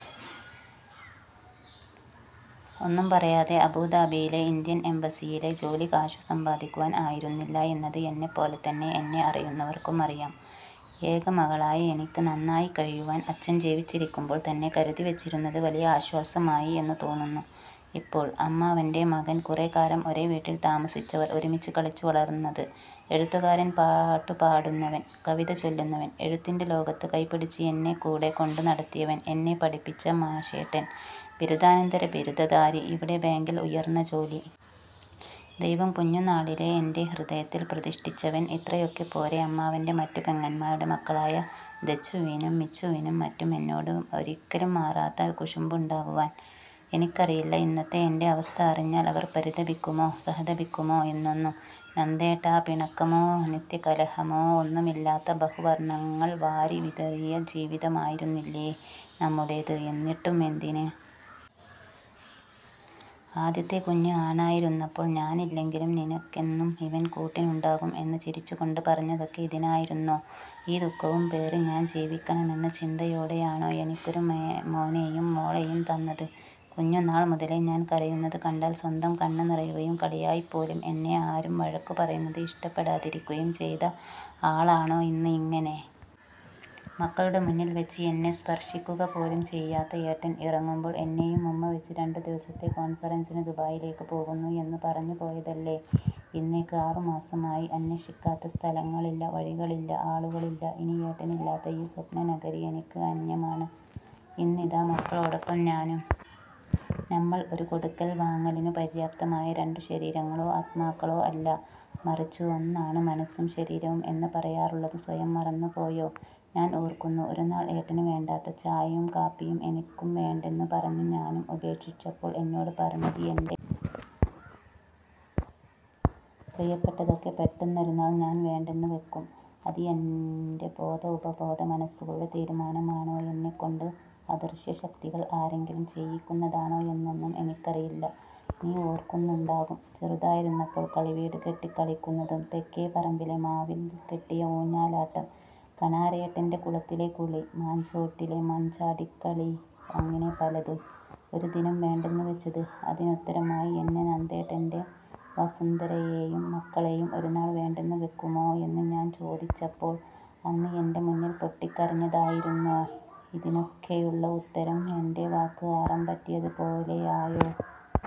ഒന്നും പറയാതെ അബുദാബിയിലെ ഇന്ത്യൻ എംബസിയിലെ ജോലി കാശു സമ്പാദിക്കുവാൻ ആയിരുന്നില്ല എന്നത് എന്നെപ്പോലെ തന്നെ എന്നെ അറിയുന്നവർക്കും അറിയാം. ഏകമകളായ എനിക്ക് നന്നായിക്കഴിയുവാൻ അച്ഛൻ ജീവിച്ചിരിക്കുമ്പോൾ തന്നെ കരുതി വെച്ചിരുന്നത് വലിയ ആശ്വാസമായി എന്നു തോന്നുന്നു ഇപ്പോൾ. അമ്മാവൻ്റെ മകൻ, കുറെക്കാലം ഒരേ വീട്ടിൽ താമസിച്ചവർ, ഒരുമിച്ചു കളിച്ചു വളർന്നത്, എഴുത്തുകാരൻ, പാട്ടുപാടുന്നവൻ, കവിതചൊല്ലുന്നവൻ, എഴുത്തിൻ്റെ ലോകത്ത് കൈപിടിച്ച് എന്നെ കൂടെ കൊണ്ട് നടത്തിയവൻ, എന്നെ പഠിപ്പിച്ച മാഷേട്ടൻ, ബിരുദാനന്തര ബിരുദധാരി, ഇവിടെ ബാങ്കിൽ ഉയർന്ന ജോലി. ദൈവം കുഞ്ഞുനാളിലെ എൻ്റെ ഹൃദയത്തിൽ പ്രതിഷ്ഠിച്ചവൻ ഇത്രയൊക്കെ പോരെ അമ്മാവൻ്റെ മറ്റു പെങ്ങൻമാരുടെ മക്കളായ ദച്ചുവിനും മിച്ചുവിനും മറ്റും എന്നോട് ഒരിക്കലും മാറാത്ത കുശുമ്പ് ഉണ്ടാകുവാൻ. എനിക്കറിയില്ല ഇന്നത്തെ എൻ്റെ അവസ്ഥ അറിഞ്ഞാൽ അവർ പരിതപിക്കുമോ സഹതപിക്കുമോ എന്നൊന്നും. നന്ദേട്ടാ പിണക്കമോ നിത്യകലഹമോ ഒന്നുമില്ലാത്ത ബഹുവർണ്ണങ്ങൾ വാരി വിതറിയ ജീവിതമായിരുന്നില്ലേ നമ്മുടേത് എന്നിട്ടും എന്തിന്? ആദ്യത്തെ കുഞ്ഞ് ആണായിരുന്നപ്പോൾ ''ഞാനില്ലെങ്കിലും നിനക്കെന്നും ഇവൻ കൂട്ടിനുണ്ടാകും'' എന്ന് ചിരിച്ചുകൊണ്ട് പറഞ്ഞതൊക്കെ ഇതിനായിരുന്നോ ഈ ദുഖവും പേറി ഞാൻ ജീവിക്കണമെന്ന ചിന്തയോടെയാണോ എനിക്കൊരു മോനേയും മോളേയും തന്നത് കുഞ്ഞുനാൾ മുതലേ ഞാൻ കരയുന്നതു കണ്ടാൽ സ്വന്തം കണ്ണ് നിറയുകയും കളിയായിപ്പോലും എന്നെ ആരും വഴക്കുപറയുന്നതു ഇഷ്ടപ്പെടാതിരിക്കുകയും ചെയ്ത ആളാണോ ഇന്ന് ഇങ്ങനെ. മക്കളുടെ മുന്നിൽ വെച്ച് എന്നെ സ്പർശിക്കുകപോലും ചെയ്യാത്ത ഏട്ടൻ ഇറങ്ങുമ്പോൾ എന്നേയും ഉമ്മവെച്ചു രണ്ടു ദിവസത്തെ കോൺഫറൻസിന് ദുബായിലേക്ക് പോകുന്നു എന്ന് പറഞ്ഞു പോയതല്ലേ ഇന്നേക്ക് ആറുമാസമായി. അന്വേഷിക്കാത്ത സ്ഥലങ്ങളില്ല വഴികളില്ല ആളുകളില്ല. ഇനി ഏട്ടനില്ലാത്ത ഈ സ്വപ്നനഗരി എനിക്ക് അന്യമാണ്. ഇന്നിതാ മക്കളോടൊപ്പം ഞാനും നമ്മൾ ഒരു കൊടുക്കൽ വാങ്ങലിനു പര്യാപ്തമായ രണ്ടു ശരീരങ്ങളോ ആത്മാക്കളോ അല്ല മറിച്ചു ഒന്നാണ് മനസ്സും ശരീരവും എന്ന് പറയാറുള്ളത് സ്വയം മറന്നുപോയോ ഞാൻ ഓർക്കുന്നു ഒരു നാൾ ഏട്ടന് വേണ്ടാത്ത ചായയും കാപ്പിയും എനിക്കും വേണ്ടെന്നു പറഞ്ഞു ഞാനും ഉപേക്ഷിച്ചപ്പോൾ എന്നോട് പറഞ്ഞത് ''എൻ്റെ പ്രിയപ്പെട്ടതൊക്കെ പെട്ടെന്നൊരു നാൾ ഞാൻ വേണ്ടെന്നു വെക്കും അത് എൻ്റെ ബോധ ഉപബോധ മനസ്സുകളുടെ തീരുമാനമാണോ എന്നെക്കൊണ്ട് അദൃശ്യ ശക്തികൾ ആരെങ്കിലും ചെയ്യിക്കുന്നതാണോ എന്നൊന്നും എനിക്കറിയില്ല നീ ഓർക്കുന്നുണ്ടാകും ചെറുതായിരുന്നപ്പോൾ കളിവീട് കെട്ടി കളിക്കുന്നതും, തെക്കേ പറമ്പിലെ മാവിൽ കെട്ടിയ ഊഞ്ഞാലാട്ടം, കണാരേട്ടൻ്റെ കുളത്തിലെ കുളി, മാഞ്ചോട്ടിലെ മഞ്ചാടിക്കളി അങ്ങിനെ പലതും ഒരു ദിനം വേണ്ടെന്നു വെച്ചത്'' അതിനുത്തരമായി എന്നെ, നന്ദേട്ടൻ്റെ വസുന്ധരയേയും മക്കളേയും ഒരു നാൾ വേണ്ടെന്ന് വെക്കുമോ എന്ന് ഞാൻ ചോദിച്ചപ്പോൾ അന്ന് എൻ്റെ മുന്നിൽ പൊട്ടിക്കരഞ്ഞതായിരുന്നോ ഇതിനൊക്കെയുള്ള ഉത്തരം എൻ്റെ വാക്ക് അറം പറ്റിയതുപോലെയായോ.